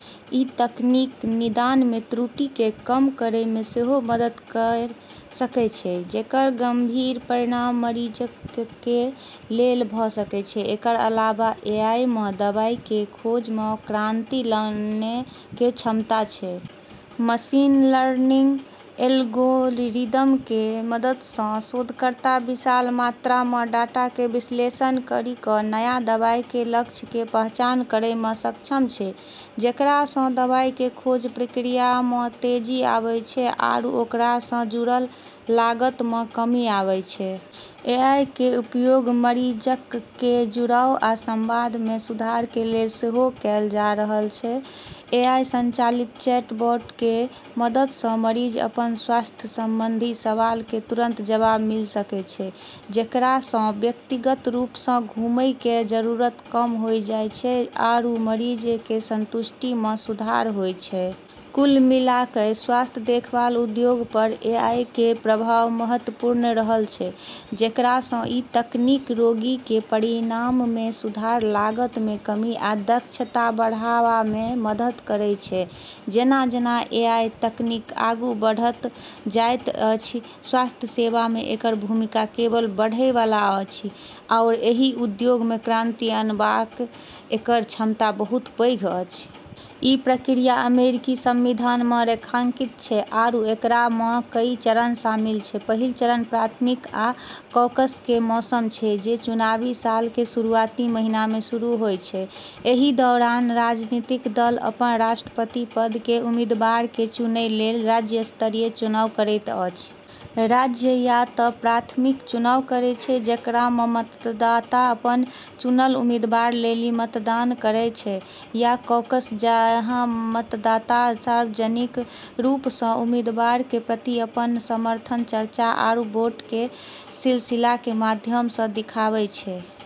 इ तकनीक निदान मे त्रुटि कें कम करय मे सेहो मदद कयर सकय छै, जेकर गंभीर परिणाम मरीजक कें लेल भ सकय छै. एकरऽ अलावा एआई म॑ दवाई के खोज म॑ क्रांति लानै के क्षमता छै। मशीन लर्निंग एल्गोरिदम के मदद स॑ शोधकर्ता विशाल मात्रा म॑ डाटा के विश्लेषण करी क॑ नया दवाई के लक्ष्य के पहचान करै म॑ सक्षम छै, जेकरा स॑ दवाई के खोज प्रक्रिया म॑ तेजी आबै छै आरू ओकरा स॑ जुड़लऽ लागत म॑ कमी आबै छै। एआई कें उपयोग मरीजक कें जुड़ाव आ संवाद मे सुधार कें लेल सेहो कैल जा रहल छै. एआई संचालित चैटबॉट के मदद स॑ मरीज अपनऽ स्वास्थ्य संबंधी सवालऽ के तुरंत जवाब मिल॑ सकै छै, जेकरा स॑ व्यक्तिगत रूप स॑ घूमै के जरूरत कम होय जाय छै आरू मरीजऽ के संतुष्टि म॑ सुधार होय छै। कुल मिलाकय, स्वास्थ्य देखभाल उद्योग पर एआई कें प्रभाव महत्वपूर्ण रहल छै, जेकरा सं इ तकनीक रोगी कें परिणाम मे सुधार, लागत मे कमी, आ दक्षता बढ़ावा मे मदद करय छै. जेना-जेना एआई तकनीक आगू बढ़ैत जायत अछि, स्वास्थ्य सेवा मे एकर भूमिका केवल बढ़य वाला अछि, आओर एहि उद्योग मे क्रांति अनबाक एकर क्षमता बहुत पैघ अछि. ई प्रक्रिया अमेरिकी संविधान म॑ रेखांकित छै आरू एकरा म॑ कई चरण शामिल छै। पहिल चरण प्राथमिक आ कॉकस के मौसम छै, जे चुनावी साल के शुरुआती महीना में शुरू होय छै. एहि दौरान राजनीतिक दल अपन राष्ट्रपति पद के उम्मीदवार के चुनय लेल राज्य स्तरीय चुनाव करैत अछि. राज्य या त प्राथमिक चुनाव करै छै, जेकरा म॑ मतदाता अपनऽ चुनलऽ उम्मीदवार लेली मतदान करै छै, या कॉकस, जहाँ मतदाता सार्वजनिक रूप स॑ उम्मीदवारऽ के प्रति अपनऽ समर्थन चर्चा आरू वोट के सिलसिला के माध्यम स॑ दिखाबै छै।